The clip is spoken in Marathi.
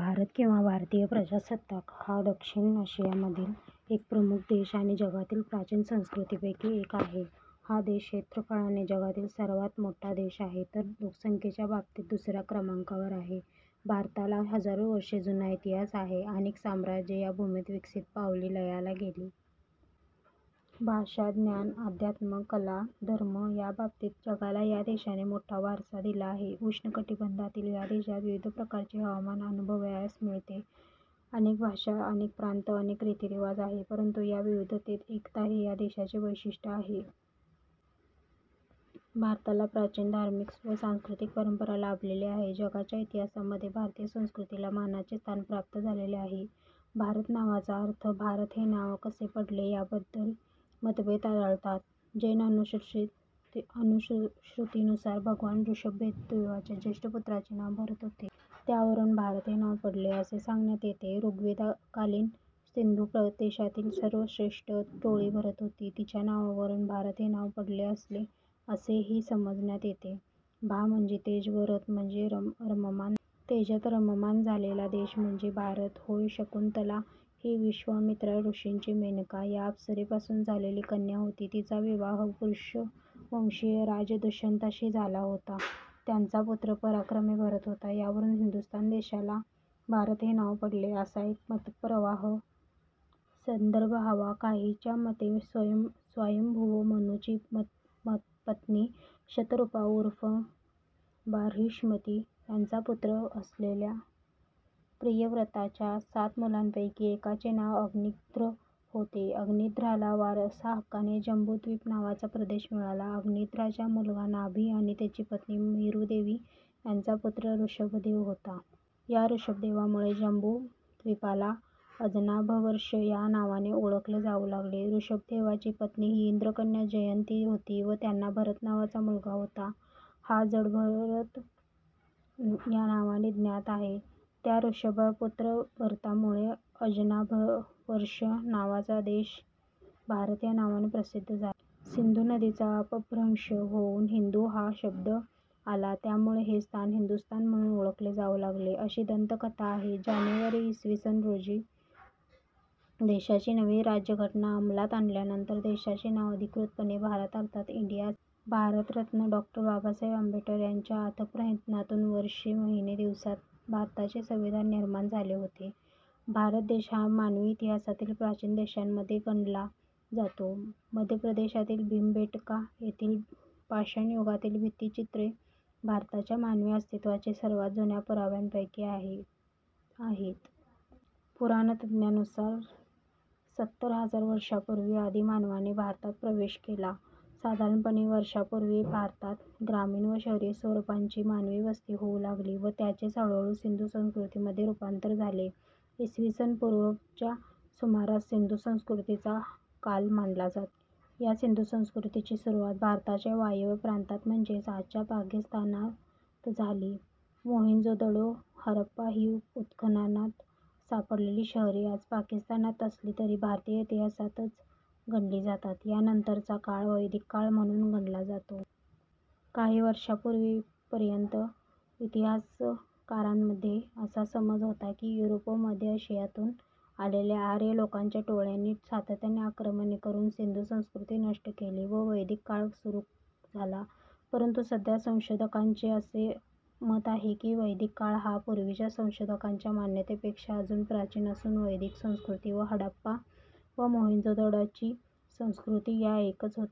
भारत किंवा भारतीय प्रजासत्ताक हा दक्षिण आशियामधील एक प्रमुख देश आणि जगातील प्राचीन संस्कृतींपैकी एक आहे. हा देश क्षेत्रफळाने जगातील सर्वांत मोठा देश आहे तर लोकसंख्येच्या बाबतीत दुसऱ्या क्रमांकावर आहे. भारताला हजारो वर्षे जुना इतिहास आहे, अनेक साम्राज्ये या भूमीत विकसित पावली व लयाला गेली. भाषा, ज्ञान, अध्यात्म, कला, धर्म या बाबतीत जगाला या देशाने मोठा वारसा दिला आहे. उष्ण कटिबंधातील ह्या देशात विविध प्रकारचे हवामान अनुभवायास मिळते. अनेक भाषा, अनेक प्रांत, अनेक रितीरिवाज आहे परंतु या विविधतेत एकता हे या देशाचे वैशिष्ट्य आहे. भारताला प्राचीन धार्मिक व सांस्कृतिक परंपरा लाभलेली आहे जगाच्या इतिहासामध्ये भारतीय संस्कृतीला मानाचे स्थान प्राप्त झालेले आहे. ' भारत नावाचा अर्थ ' भारत हे नाव कसे पडले याबद्धल मतभेद आढळतात. जैन अनुश्रुतिनुसार भगवान ॠषभदेवाच्या ज्येष्ठ पुत्राचे नाव भरत होते. त्यावरून भारत हे नाव पडले असे सांगण्यात येते. ॠग्वेदकालीन सिंधू प्रदेशातील सर्वश्रेष्ठ टोळी भरत होती. तिच्या नावावरून भारत हे नाव पडले असेल असेही समजण्यात येते. 'भा' म्हणजे तेज व 'रत' म्हणजे रममाण झालेला. तेजात रममाण झालेला देश म्हणजे भारत होय. शकुंतला ही विश्वामित्र ऋषींची मेनका या अप्सरेपासून झालेली कन्या होती. तिचा विवाह पुरुवंशीय राजा दुष्यंताशी झाला होता. त्यांचा पुत्र पराक्रमी भरत होता. यावरून हिंदुस्थान देशाला भारत हे नाव पडले असा एक मतप्रवाह आहे. संदर्भ हवा काहीच्या मते स्वायंभुव मनूची पत्नी शतरूपा ऊर्फ बार्हिष्मती यांचा पुत्र असलेल्या प्रियव्रताच्या सात मुलांपैकी एकाचे नांव अग्निध्र होते. अग्निध्राला वारसाहक्काने जंबूद्वीप नावाचा प्रदेश मिळाला. अग्निध्राचा मुलगा नाभि आणि त्याची पत्नी मेरुदेवी यांचा पुत्र ऋषभदेव होता. या ऋषभदेवामुळे जंबूद्वीपाला अजनाभवर्ष या नावाने ओळखले जाऊ लागले. ऋषभदेवाची पत्नी ही इंद्रकन्या जयंती होती व त्यांना भरत नावाचा मुलगा होता. हा जडभरत या नावाने ज्ञात आहे. त्या ऋषभपुत्र भरतामुळे अजनाभवर्ष नावाचा देश भारत या नावाने प्रसिद्ध झाला. सिंधू नदीचा अपभ्रंश होऊन हिंदू हा शब्द आला. त्यामुळे हे स्थान हिंदुस्थान म्हणून ओळखले जाऊ लागले. अशी दंतकथा आहे. जानेवारी, इ. स. रोजी देशाची नवी राज्यघटना अंमलात आल्यानंतर देशाचे नाव अधिकृतपणे 'भारत' अर्थात इंडिया असे झाले. भारतरत्न डॉ. बाबासाहेब आंबेडकर यांच्या अथक प्रयत्नातून वर्षे महिने दिवसात भारताचे संविधान निर्माण झाले होते. भारत देश हा मानवी इतिहासातील प्राचीन देशांमध्ये गणला जातो. मध्यप्रदेशातील भीमबेटका येथील पाषाणयुगातील भित्तीचित्रे भारताच्या मानवी अस्तित्त्वाचे सर्वांत जुन्या पुराव्यांपैकी आहेत. पुराणतज्ञांनुसार, सत्तर हजार वर्षांपूर्वी आदिमानवाने भारतात प्रवेश केला. साधारणपणे वर्षांपूर्वी भारतात ग्रामीण व शहरी स्वरूपांची मानवी वस्ती होऊ लागली व त्याचेच हळूहळू सिंधू संस्कृतीमध्ये. रूपांतर झाले. इसवीसन पूर्व च्या सुमारास सिंधू संस्कृतीचा काल मानला जातो. या सिंधू संस्कृतीची सुरुवात भारताच्या वायव्य प्रांतात म्हणजेच आजच्या पाकिस्ताना त झाली. मोहेंजोदडो व हरप्पा ही उत्खननात सापडलेली शहरे आज पाकिस्तानात असली तरी भारतीय इतिहासातच गणली जातात. यानंतरचा काळ वैदिक काळ म्हणून गणला जातो. काही वर्षांपूर्वीपर्यंत इतिहासकारांमध्ये असा समज होता की युरोप व मध्य अशियातून आलेल्या आर्य लोकांच्या टोळ्यांनी सातत्याने आक्रमणे करून सिंधू संस्कृती नष्ट केली व वैदिक काळ सूरू झाला. परंतु सध्या संशोधकांचे असे मत आहे की वैदिक काळ हा पूर्वीच्या संशोधकांच्या मान्यतेपेक्षा अजून प्राचीन असून वैदिक संस्कृती व हडाप्पा व मोहोंदोजडोची संस्कृती या एकच होत्या.